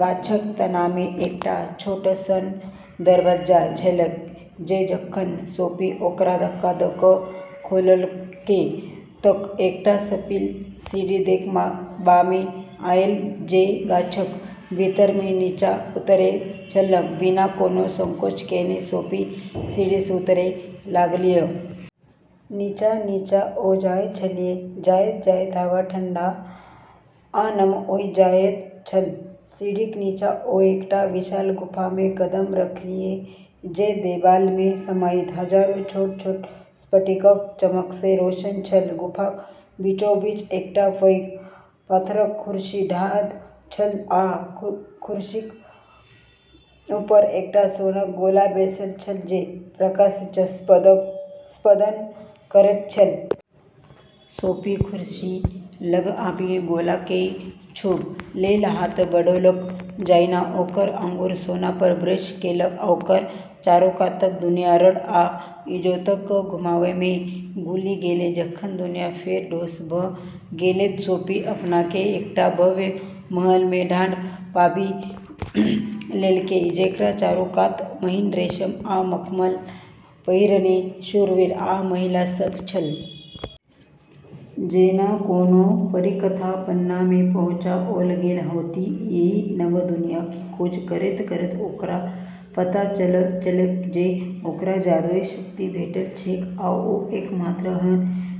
गाछक तनामे एकटा छोट सन दरबज्जा छलैक जे जखन सोफी ओकरा धक्का द' क' खोललकै त' एकटा सर्पिल सीढ़ी देखबामे आयल जे गाछक भीतरमे निच्चा उतरैत छलैक। बिना कोनो संकोच केने सोफी सीढ़ीसँ उतरै लगलीह। निच्चाँ - निच्चाँ ओ जाइत छलीह, जाइत-जाइत हवा ठंढा आ नम होइत जाइत छल। सीढ़ीक निच्चाँ ओ एकटा विशाल गुफामे कदम रखलीह, जे देबालमे समाहित हजारों छोट-छोट स्फटिकक चमकसँ रोशन छल। गुफाक बीचोबीच एकटा पैघ पाथरक कुरसी ठाढ़ छल, आ कुरसीक ऊपर एकटा सोनाक गोला बैसल छल, जे प्रकाशसँ स्पंदन करैत छल। सोफी कुरसी लग आबि गोलाकेँ छूबऽ लेल हाथ बढ़ौलक। जहिना ओकर आँगुर सोना पर ब्रश केलक, ओकर चारूकातक दुनिया रङ्ग आ इजोतक घुमावमे घुलि गेलै। जखन दुनिया फेर ठोस भ' गेलै त' सोफी अपनाके एकटा भव्य महलमे ठाढ़ पाबि लेलकै, जेकरा चारू कात महीन रेशम आ मखमल पहिरने शूरवीर आ महिला सब छल। जेना कोनो परीकथाक पन्नामे पहुँचाओल गेल होथि! एहि नव दुनियाँक खोज करैत-करैत ओकरा पता चललैक जे ओकरा जादुई शक्ति भेटल छैक आ ओ एकमात्र एहन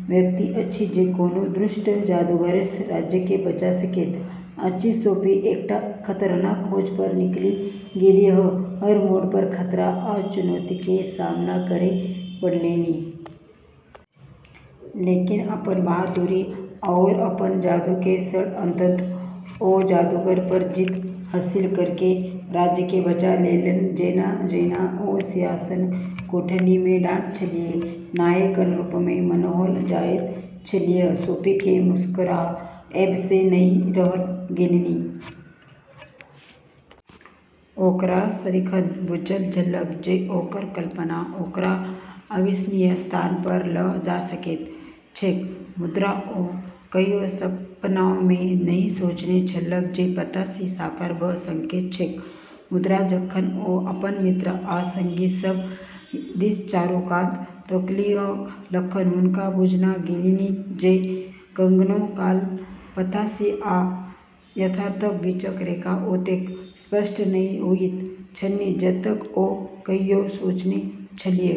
व्यक्ति अछि जे कोनो दुष्ट जादूगरसँ राज्यकेँ बचा सकैत अछि सोफी एकटा खतरनाक खोज पर निकलि गेलीह, हर मोड़ पर खतरा आ चुनौतीके सामना करै पड़लनि। लेकिन, अपन बहादुरी आओर अपन जादूके सङ्ग, अंततः ओ जादूगर पर जीत हासिल करिके राज्यके बचा लेलकै। जेना-जेना ओ सिंहासन कोठलीमे ठाढ़ छलीह, नायकक रूपमे मनाओल जाइत छलीह, सोफीकेँ मुस्कुराएबसँ नहि रहल गेलनि। ओकरा सदिखन बूझल छलैक जे ओकर कल्पना ओकरा अविश्वसनीय स्थान पर ल' जा सकैत छैक, मुदा ओ कहियो सपनामे नहि सोचने छलैक जे फंतासी साकार भ' सकैत छैक। मुदा, जखन ओ अपन मित्र आ संगी सभ दिस चारू कात तकलीह, तखन हुनका बुझना गेलनि जे कखनो काल फंतासी आ यथार्थक बीचक रेखा ओतेक स्पष्ट नहि होइत छनि जतेक ओ कहियो सोचने छलीह।